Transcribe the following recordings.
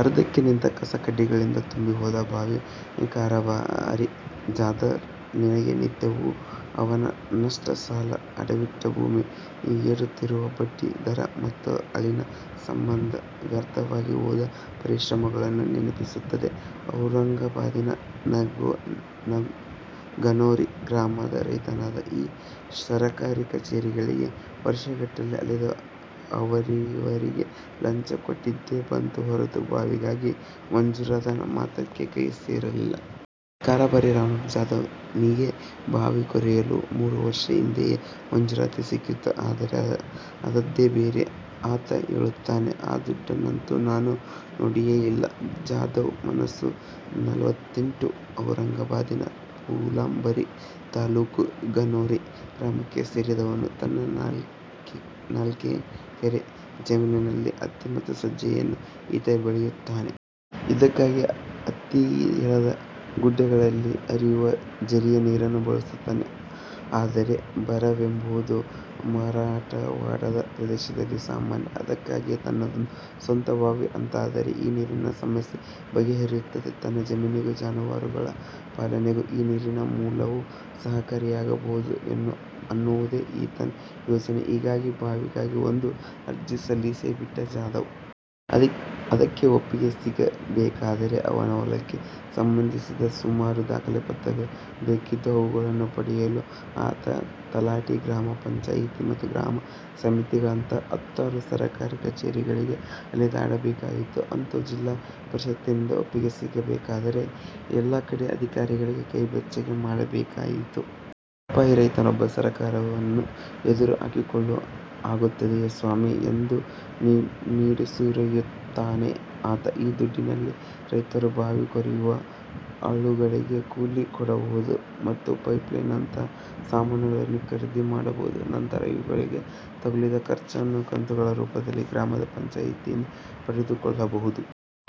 ಅರ್ಧಕ್ಕೆ ನಿಂತು, ಕಸ ಕಡ್ಡಿಗಳಿಂದ ತುಂಬಿ ಹೋದ ಬಾವಿ ಕಾರಭಾರಿ ಜಾಧವ್ ನಿಗೆ ನಿತ್ಯವೂ ಅವನ ನಷ್ಟ, ಸಾಲ, ಅಡವಿಟ್ಟ ಭೂಮಿ, ಏರುತ್ತಿರುವ ಬಡ್ಡಿಯ ದರ ಮತ್ತು ಆಳಿನ ಸಂಬಳ ಮತ್ತು ವ್ಯರ್ಥವಾಗಿ ಹೋದ ಪರಿಶ್ರಮಗಳನ್ನು ನೆನಪಿಸುತ್ತದೆ. ಔರಂಗಾಬಾದಿನ ಗನೋರಿ ಗ್ರಾಮದ ರೈತನಾದ ಈತ ಸರಕಾರಿ ಕಛೇರಿಗಳಿಗೆ ವರ್ಷಗಟ್ಟಲೆ ಅಲೆದು ಅವರಿವರಿಗೆ ಲಂಚ ಕೊಟ್ಟಿದ್ದೇ ಬಂತು ಹೊರತು ಬಾವಿಗಾಗಿ ಮಂಜೂರಾದ ಹಣ ಮಾತ್ರ ಕೈ ಸೇರಲಿಲ್ಲ. ಕಾರಭಾರಿ ರಾಮರಾವ್ ಜಾಧವ್ ನಿಗೆ ಬಾವಿ ಕೊರೆಯಲು ಮೂರು ವರ್ಷದ ಹಿಂದೆಯೇ ಮಂಜೂರಾತಿ ಸಿಕ್ಕಿತ್ತು. ಆದರೆ ಆದದ್ದೇ ಬೇರೆ. ಆತ ಹೇಳುತ್ತಾನೆ, "ಆ ದುಡ್ಡನ್ನಂತೂ ನಾನು ನೋಡಿಯೇ ಇಲ್ಲ. " ಜಾಧವ್, ವಯಸ್ಸು ನಲವತ್ತೆಂಟು, ಔರಂಗಾಬಾದಿನ ಫುಲಾಂಬರಿ ತಾಲೂಕಿನ ಗನೋರಿ ಗ್ರಾಮಕ್ಕೆ ಸೇರಿದವನು. ತನ್ನ ನಾಲ್ಕೆಕರೆ ಜಮೀನಿನಲ್ಲಿ ಹತ್ತಿ ಮತ್ತು ಸಜ್ಜೆಯನ್ನು ಈತ ಬೆಳೆಯುತ್ತಾನೆ. ಇದಕ್ಕಾಗಿ ಹತ್ತಿರದ ಗುಡ್ಡಗಳಲ್ಲಿ ಹರಿಯುವ ಝರಿಯ ನೀರನ್ನು ಬಳಸುತ್ತಾನೆ. ಆದರೆ ಬರವೆಂಬುದು ಮರಾಠವಾಡದ ಪ್ರದೇಶದಲ್ಲಿ ಸಾಮಾನ್ಯ. ಅದಕ್ಕಾಗಿ ತನ್ನದೊಂದು ಸ್ವಂತ ಬಾವಿ ಅಂತಾದರೆ ಈ ನೀರಿನ ಸಮಸ್ಯೆ ಬಗೆಹರಿಯುತ್ತದೆ, ತನ್ನ ಜಮೀನಿಗೂ ಜಾನುವಾರುಗಳ ಪಾಲನೆಗೂ ಈ ನೀರಿನ ಮೂಲವು ಸಹಕಾರಿಯಾಗಬಹುದು ಅನ್ನುವುದು ಈತನ ಯೋಚನೆ. ಹೀಗಾಗಿ ಬಾವಿಗಾಗಿ ಒಂದು ಅರ್ಜಿ ಸಲ್ಲಿಸಿಯೇ ಬಿಟ್ಟ ಜಾಧವ್. ಅದಕ್ಕೆ ಒಪ್ಪಿಗೆ ಸಿಗಬೇಕಾದರೆ ಅವನ ಹೊಲಕ್ಕೆ ಸಂಬಂಧಿಸಿದ ಸುಮಾರು ದಾಖಲೆ ಪಾತ್ರಗಳು ಬೇಕಿದ್ದವು. ಅವುಗಳನ್ನು ಪಡೆಯಲು ಆತ ತಲಾಠಿ, ಗ್ರಾಮ ಪಂಚಾಯತ್ ಮತ್ತು ಪಂಚಾಯತ್ ಸಮಿತಿಗಳಂತಹ ಹತ್ತಾರು ಸರಕಾರಿ ಕಛೇರಿಗಳಿಗೆ ಅಲೆದಾಡಬೇಕಾಯಿತು. ಅಂತೂ ಜಿಲ್ಲಾ ಪರಿಷತ್ತಿನಿಂದ ಒಪ್ಪಿಗೆ ಸಿಗಬೇಕಾದರೆ, ಎಲ್ಲಾ ಕಡೆ ಅಧಿಕಾರಿಗಳ ಕೈ ಬೆಚ್ಚಗೆ ಮಾಡಬೇಕಾಯಿತು. "ಬಡಪಾಯಿ ರೈತನೊಬ್ಬ ಸರಕಾರವನ್ನು ಎದುರು ಹಾಕಿಕೊಳ್ಳಲು ಆಗುತ್ತದೆಯೇ ಸ್ವಾಮೀ? ", ಎಂದು ನಿಡುಸುಯ್ಯುತ್ತಾನೆ ಆತ. ಈ ದುಡ್ಡಿನಲ್ಲಿ ರೈತರು ಬಾವಿ ಕೊರೆಯುವ ಆಳುಗಳಿಗೆ ಕೂಲಿ ಕೊಡಬಹುದು ಮತ್ತು ಪೈಪ್ ನಂತಹ ಸಾಮಾನುಗಳನ್ನು ಖರೀದಿ ಮಾಡಬಹುದು. ನಂತರ ಇವುಗಳಿಗೆ ತಗುಲಿದ ಖರ್ಚನ್ನು ಕಂತುಗಳ ರೂಪದಲ್ಲಿ ಗ್ರಾಮ ಪಂಚಾಯಿತಿಯಿಂದ ಪಡೆದುಕೊಳ್ಳಬಹುದು.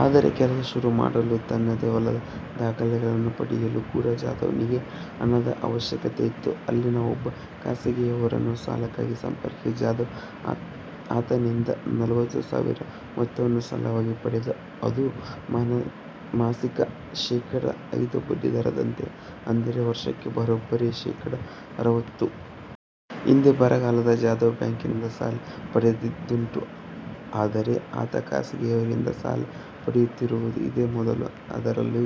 ಆದರೆ ಕೆಲಸ ಶುರು ಮಾಡಲು, ತನ್ನದೇ ಹೊಲದ ದಾಖಲೆಗಳನ್ನು ಪಡೆಯಲೂ ಕೂಡ ಜಾಧವ್ ನಿಗೆ ಹಣದ ಅವಶ್ಯಕತೆಯಿತ್ತು. ಅಲ್ಲಿನ ಒಬ್ಬ ಖಾಸಗಿಯವರನ್ನು ಸಾಲಕ್ಕಾಗಿ ಸಂಪರ್ಕಿಸಿದ ಜಾಧವ್ ಆತನಿಂದ ನಲವತ್ತು ಸಾವಿರ ಮೊತ್ತವನ್ನು ಸಾಲವಾಗಿ ಪಡೆದ. ಅದೂ ಮಾಸಿಕ ಶೇಖಡ ಐದ ಬಡ್ಡಿದರದಂತೆ; ಅಂದರೆ ವರ್ಷಕ್ಕೆ ಬರೋಬ್ಬರಿ ಶೇಖಡ ಅರವತ್ತು. ಹಿಂದೆ ಬರಗಾಲದಲ್ಲಿ ಜಾಧವ್ ಬ್ಯಾಂಕಿನಿಂದ ಸಾಲ ಪಡೆದಿದ್ದುಂಟು. ಆದರೆ ಆತ ಖಾಸಗಿಯವರಿಂದ ಸಾಲ ಪಡೆಯುತ್ತಿರುವುದು ಇದೇ ಮೊದಲು. "ಅದರಲ್ಲಿ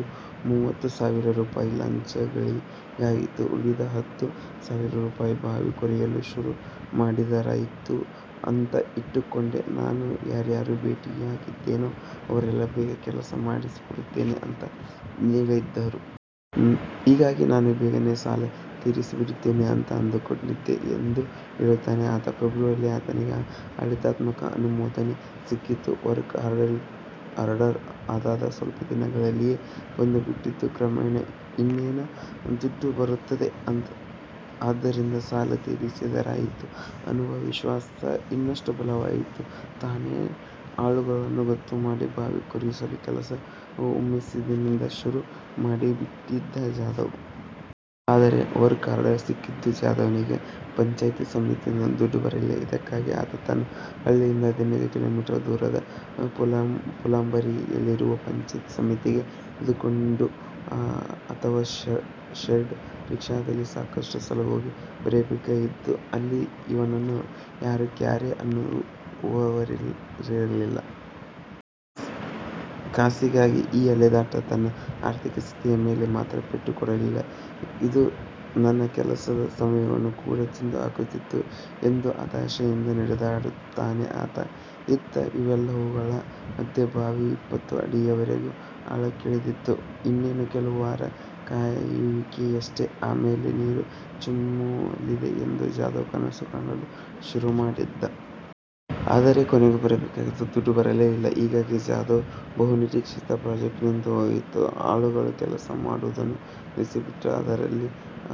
ಮೂವತ್ತು ಸಾವಿರ ರೂಪಾಯಿ ಲಂಚಗಳಿಗಾಯಿತು. ಉಳಿದ ಹತ್ತು ಸಾವಿರ ರೂಪಾಯಿಗಳನ್ನು ಬಾವಿ ಕೊರೆಸಲು ಶುರು ಮಾಡಿದರಾಯಿತು ಅಂತ ಇಟ್ಟುಕೊಂಡೆ. ನಾನು ಯಾರ್ಯಾರನ್ನು ಭೇಟಿಯಾಗಿದ್ದೆನೋ ಅವರೆಲ್ಲ ಬೇಗ ಕೆಲಸ ಮಾಡಿಸಿಕೊಡುತ್ತೇವೆ ಅಂತ ಹೇಳಿದ್ದರು. ಹೀಗಾಗಿ ನಾನೂ ಬೇಗನೆ ಸಾಲ ತೀರಿಸಿಬಿಡುತ್ತೇನೆ ಅಂತ ಅಂದುಕೊಂಡಿದ್ದೆ", ಎಂದು ಹೇಳುತ್ತಾನೆ ಆತ. ಫೆಬ್ರುವರಿಯಲ್ಲಿ ಆತನಿಗೆ ಆಡಳಿತಾತ್ಮಕ ಅನುಮೋದನೆ ಸಿಕ್ಕಿತ್ತು. ವರ್ಕ್ ಆರ್ಡರ್ ಅದಾದ ಸ್ವಲ್ಪ ದಿನಗಳಲ್ಲೇ ಬಂದುಬಿಟ್ಟಿತು. ಕ್ರಮೇಣ ಇನ್ನೇನು ದುಡ್ಡು ಬರುತ್ತೆ, ಅದರಿಂದ ಸಾಲ ತೀರಿಸಿದರಾಯಿತು ಅನ್ನುವ ವಿಶ್ವಾಸ ಇನ್ನಷ್ಟು ಬಲವಾಯಿತು. ತಾನೇ ಆಳುಗಳನ್ನು ಗೊತ್ತು ಮಾಡಿ ಬಾವಿ ಕೊರೆಸುವ ಕೆಲಸವನ್ನು ಹುಮ್ಮಸ್ಸಿನಿಂದ ಶುರು ಮಾಡಿಯೇಬಿಟ್ಟಿದ್ದ ಜಾಧವ್. ಆದರೆ ವರ್ಕ್ ಆರ್ಡರ್ ಸಿಕ್ಕಿದ್ದರೂ ಜಾಧವ್ ನಿಗೆ ಪಂಚಾಯತ್ ಸಮಿತಿಯಿಂದ ದುಡ್ಡು ಬರಲಿಲ್ಲ. ಇದಕ್ಕಾಗಿ ಆತ ತನ್ನ ಹಳ್ಳಿಯಿಂದ ಹದಿನೈದು ಕಿಲೋಮೀಟರು ದೂರದ ಫುಲಾಂಬರಿಯಲ್ಲಿರುವ ಪಂಚಾಯತ್ ಸಮಿತಿಗೆ ನಡೆದುಕೊಂಡೋ ಅಥವಾ ಶೇರ್ಡ್ ರಿಕ್ಷಾದಲ್ಲಿ ಸಾಕಷ್ಟು ಸಲ ಹೋಗಿ ಬರಬೇಕಾಯಿತು. ಅಲ್ಲಿ ಇವನನ್ನು ಯಾರೂ ಕ್ಯಾರೇ ಅನ್ನುವವರಿರಲಿಲ್ಲ. "ಕಾಸಿಗಾಗಿನ ಈ ಅಲೆದಾಟವು ನನ್ನ ಆರ್ಥಿಕ ಸ್ಥಿತಿಯ ಮೇಲೆ ಮಾತ್ರ ಪೆಟ್ಟು ಕೊಡಲಿಲ್ಲ, ಇದು ನನ್ನ ಕೆಲಸದ ಸಮಯವನ್ನೂ ಕೂಡ ತಿಂದು ಹಾಕುತ್ತಿತ್ತು'', ಎಂದು ಹತಾಶೆಯಿಂದ ನುಡಿಯುತ್ತಾನೆ ಆತ. ಇತ್ತ ಇವೆಲ್ಲವುಗಳ ಮಧ್ಯೆ, ಬಾವಿಯು ಇಪ್ಪತ್ತು ಅಡಿಯವರೆಗಿನ ಆಳಕ್ಕಿಳಿದಿತ್ತು. ಇನ್ನೇನು ಕೆಲವು ವಾರಗಳ ಕಾಯುವಿಕೆಯಷ್ಟೇ, ಆಮೇಲೆ ನೀರು ಚಿಮ್ಮಲಿದೆ ಎಂದು ಜಾಧವ್ ಕನಸು ಕಾಣಲು ಶುರು ಮಾಡಿದ್ದ. ಆದರೆ ಕೊನೆಗೂ ಬರಬೇಕಾಗಿದ್ದ ದುಡ್ಡು ಬರಲೇ ಇಲ್ಲ. ಹೀಗಾಗಿ ಜಾಧವ್ ನ ಬಹುನಿರೀಕ್ಷಿತ ಪ್ರಾಜೆಕ್ಟ್ ನಿಂತು ಹೋಯಿತು. "ಆಳುಗಳು ಕೆಲಸ ಮಾಡುವುದನ್ನು ನಿಲ್ಲಿಸಿಬಿಟ್ಟರು. ಅದರಲ್ಲಿ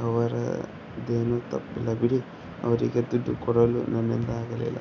ಅವರದ್ದೇನೂ ತಪ್ಪಿಲ್ಲ ಬಿಡಿ. ಅವರಿಗೆ ದುಡ್ಡು ಕೊಡಲು ನನ್ನಿಂದ ಆಗಲಿಲ್ಲ.